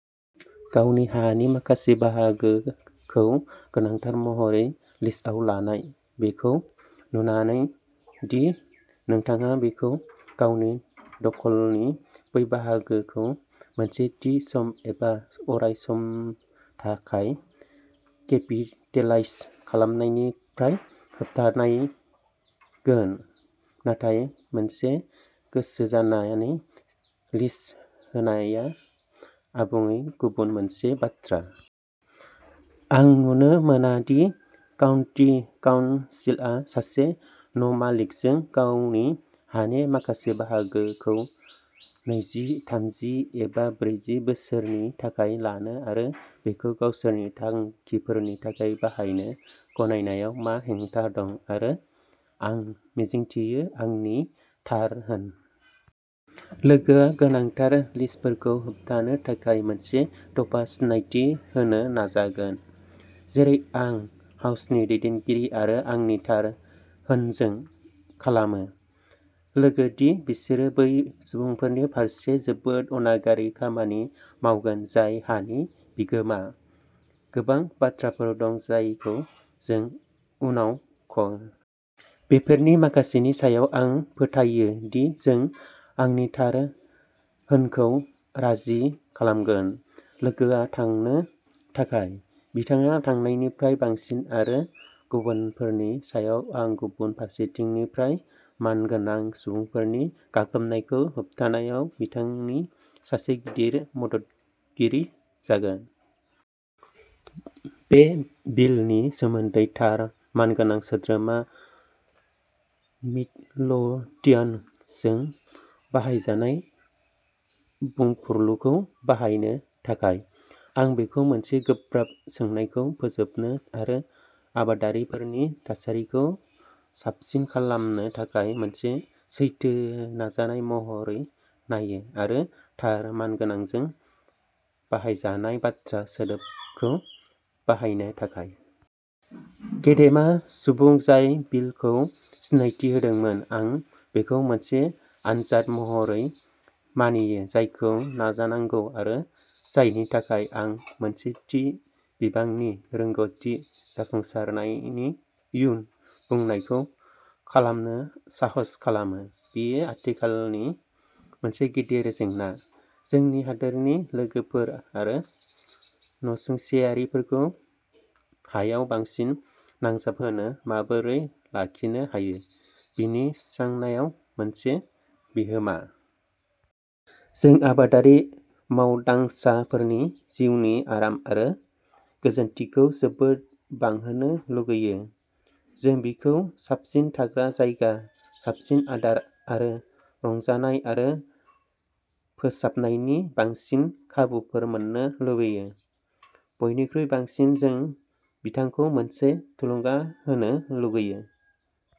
गावनि हानि माखासे बाहागोखौ गोनांथार महरै लिथाव लानाय, बेखौ नुनानै दि नोंथाङा बिखौ गावनि दखलनि बै बाहागोखौ मोनसे थि सम एबा अराय सम थाखाय केपिटेलाइज खालामनायनिफ्राय होबथायगोन। नाथाय मोनसे गोसो जानानै लिज होनाया आबुङै गुबुन मोनसे बाथ्रा। आं नुनो मोना दि काउन्टि काउन्सिलआ सासे न'मालिकजों गावनि हानि माखासे बाहागोखौ नैजि, थामजि, एबा ब्रैजि बोसोरनि थाखाय लानो आरो बेखौ गावसोरनि थांखिफोरनि थाखाय बाहायनो गनायनायाव मा हेंथा दं, आरो आं मिजिंथियो आंनि थार होन। लोगोआ गोनांथार लिजफोरखौ होबथानो थाखाय मोनसे दफा सिनायथि होनो नाजागोन, जेरै आं हाउसनि दैदेनगिरि आरो आंनि थार होनजों खालामो। लोगो दि बिसोरो बै सुबुंफोरनि फारसे जोबोद अनागारि खामानि मावगोन जाय हानि बिगोमा। गोबां बाथ्राफोर दं जायखौ जों उनाव कमितिआव सावरायनो नांगोन। बेफोरनि माखासेनि सायाव आं फोथायो दि जों आंनि थार होनखौ राजि खालामगोन। लोगोआ थांनो थाखाय। बिथाङा थांनायनिफ्राय बांसिन, आरो गुबुनफोरनि सायाव आं गुबुन फारसेथिंनिफ्राय मानगोनां सुबुंफोरनि गाग्लोबनायखौ होबथानायाव बिथांनि सासे गिदिर मददगिरि जागोन। बे बिलनि सोमोन्दै थार मानगोनां सोद्रोमा मिडलोथियान जों बाहायजानाय बुंफुरलुखौ बाहायनो थाखाय, आं बेखौ मोनसे गोब्राब सोंनायखौ फोजोबनो आरो आबादारिफोरनि थासारिखौ साबसिन खालामनो थाखाय मोनसे सैथो नाजानाय महरै नायो, आरो थार मानगोनांजों बाहायजानाय बाथ्रा सोदोबखौ बाहायनो थाखाय। गेदेमा सुबुं जाय बिलखौ सिनायथि होदोंमोन, आं बेखौ मोनसे आनजाद महरै मानियो जायखौ नाजानांगौ, आरो जायनि थाखाय आं मोनसे थि बिबांनि रोंग'थि जाफुंसारनायनि इयुन बुंनायखौ खालामनो साहस खालामो। बेयो आथिखालनि मोनसे गिदिर जेंना, जोंनि हादोरनि लोगोफोर आरो नसुंसेयारिफोरखौ हायाव बांसिन नांजाबहोनो माबोरै लाखिनो हायो, बिनि सुस्रांनायाव मोनसे बिहोमा। जों आबादारि मावदांसाफोरनि जिउनि आराम आरो गोजोनथिखौ जोबोद बांहोनो लुगैयो। जों बिखौ साबसिन थाग्रा जायगा, साबसिन आदार आरो रंजानाय आरो फोसाबनायनि बांसिन खाबुफोर मोन्नो लुगैयो। बयनिख्रुइ बांसिन जों बिथांखौ मोनसे थुलुंगा होनो लुगैयो।